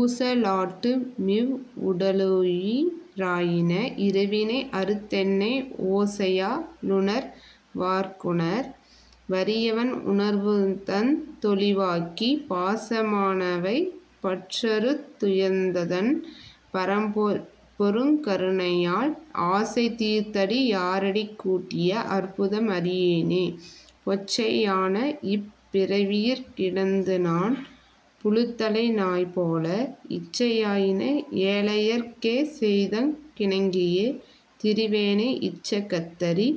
ஊச லாட்டுமிவ் வுடலுயி ராயின இருவினை அறுத்தென்னை ஓசையா லுணர் வார்க்குணர் வரியவன் உணர்வுதந் தொளிவாக்கிப் பாச மானவை பற்றறுத் துயர்ந்ததன் பரம்பொருங் கருணையால் ஆசை தீர்த்தடி யாரடிக் கூட்டிய அற்புதம் அறியேனே. பொச்சை யானஇப் பிறவியிற் கிடந்துநான் புழுத்தலை நாய்போல இச்சை யாயின ஏழையர்க் கேசெய்தங் கிணங்கியே திரிவேனை இச்ச கத்தரி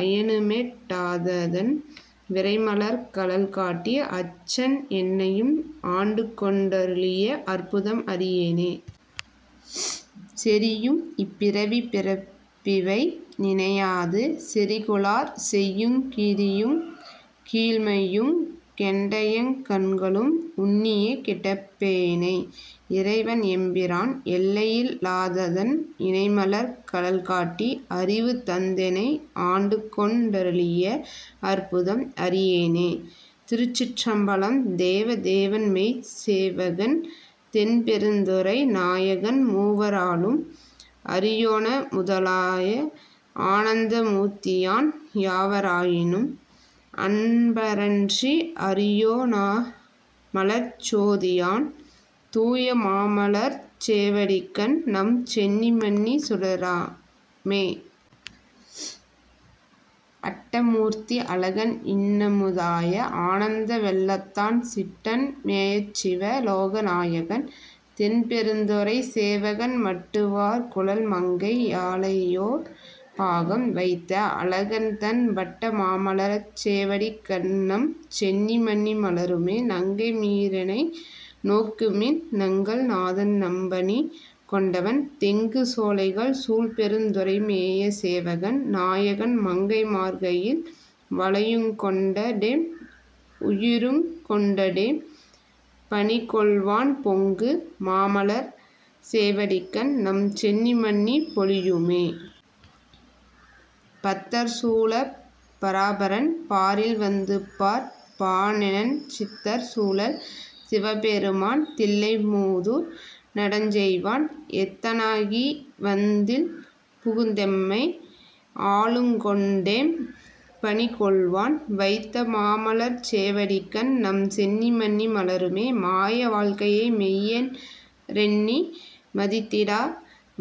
அயனுமெட் டாததன் விரைமலர்க் கழல்காட்டி அச்சன் என்னையும் ஆண்டுகொண் டருளிய அற்புதம் அறியேனே. செறியும் இப்பிறவிப் பிறப்பிவை நினையாது செறிகுழலார் செய்யுங் கிறியுங் கீழ்மையுங் கெண்டையங் கண்களும் உன்னியே கிடப்பேனை இறைவன் எம்பிரான் எல்லையில் லாததன் இணைமலர்க் கழல்காட்டி அறிவு தந்தெனை ஆண்டுகொண் டருளிய அற்புதம் அறியேனே. திருச்சிற்றம்பலம் தேவ தேவன்மெய்ச் சேவகன் தென்பெ ருந்துறை நாயகன் மூவ ராலும் அறியொணாமுத லாய ஆனந்த மூர்த்தியான் யாவ ராயினும் அன்பரன்றி அறியொ ணாமலர்ச் சோதியான் தூயமாமலர்ச் சேவடிக்கண்நம் சென்னி மன்னிசுடராமே. அட்டமூர்த்தி அழகன்இன்னமு தாய ஆனந்த வெள்ளத்தான் சிட்டன் மேயச்சிவ லோகநாயகன் தென்பெ ருந்துறைச் சேவகன் மட்டு வார்குழல் மங்கை யாளையோர் பாகம் வைத்த அழகன்தன் வட்ட மாமலர்ச் சேவடிக் கண்நம் சென்னி மன்னி மலருமே. நங்கை மீரெனை நோக்குமின் நங்கள் நாதன் நம்பணி கொண்டவன் தெங்கு சோலைகள் சூழ்பெருந் துறை மேய சேவகன் நாயகன் மங்கை மார்கையில் வளையுங்கொண்டடெம் உயிருங் கொண்டடெம் பணிகொள்வான் பொங்கு மாமலர்ச் சேவடிக்கண்நம் சென்னி மன்னிப் பொலியுமே. பத்தர் சூழப் பராபரன் பாரில் வந்துபார்ப் பானெனச் சித்தர் சூழச் சிவபெருமான் தில்லை மூதூர் நடஞ்செய்வான் எத்தனாகிவந் தில்புகுந்தெமை ஆளுங் கொண்டெம் பணிகொள்வான் வைத்த மாமலர்ச் சேவடிக்கண்நம் சென்னி மன்னி மலருமே. மாய வாழ்க்கையை மெய்யென் றெண்ணி மதித்திடா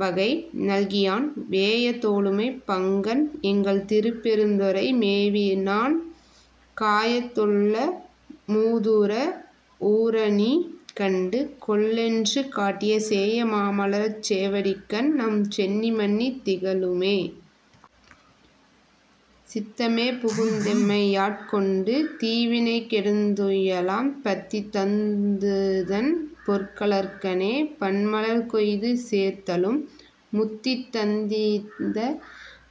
வகை நல்கியான் வேய தோளுமை பங்கன் எங்கள் திருப்பெ ருந்துறை மேவினான் காயத் துள்ளமு தூறஊறநீ கண்டு கொள்ளென்று காட்டிய சேய மாமலர்ச் சேவடிக்கண்நம் சென்னி மன்னி திகழுமே. சித்தமே புகுந் தெம்மையாட் கொண்டு தீவினை கெடுந் துய்யலாம் பத்தி தந்துதன் பொற்கழற்கணே பன்மலர் கொய்து சேர்த்தலும் முத்தி தந்திந்த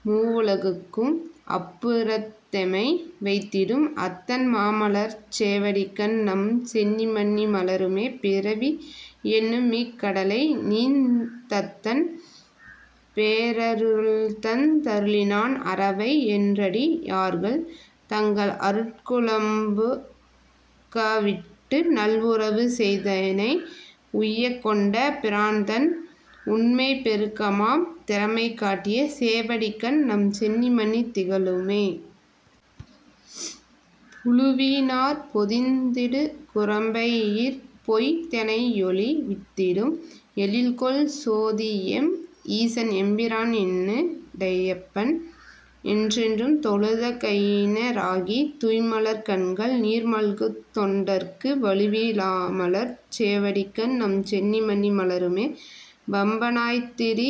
மூவுலகுக்கும் அப்பு றத்தெமை வைத்திடும் அத்தன் மாமலர்ச் சேவடிக்கண்நம் சென்னி மன்னி மலருமே. பிறவி யென்னுமிக் கடலைநீந் தத்தன் பேரருள்தந் தருளினான் அறவை யென்றடி யார்கள் தங்கள் அருட்கு ழம்புக விட்டுநல் உறவு செய்தெனை உய்யக்கொண்ட பிரான்தன் உண்மைப் பெருக்கமாம் திறமை காட்டிய சேவடிக்கண்நம் சென்னி மன்னி திகழுமே. புழுவி னாற்பொதிந் திடுகுரம்பையிற் பொய் தனையொழி வித்திடும் எழில்கொள் சோதியெம் ஈசன்எம்பிரான் என்னு டையப்பன் என்றென்று தொழுத கையின ராகித் துய்மலர்க் கண்கள் நீர்மல்குந் தொண்டர்க்கு வழுவி லாமலர்ச் சேவடிக்கண்நம் சென்னி மன்னி மலருமே. வம்ப னாய்த்திரி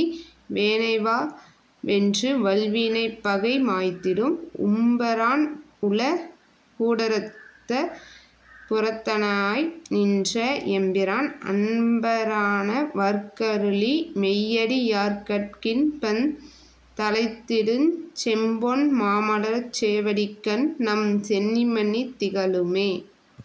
வேனைவாவென்று வல்வி னைப்பகை மாய்த்திடும் உம்ப ரான்உல கூடறுத்தப் புறத்தனாய் நின்ற எம்பிரான் அன்பரானவர்க்கருளி மெய்யடி யார்கட் கின்பந் தழைந்திடுஞ் செம்பொன் மாமலர்ச் சேவடிக்கண்நம் சென்னி மன்னி திகழுமே.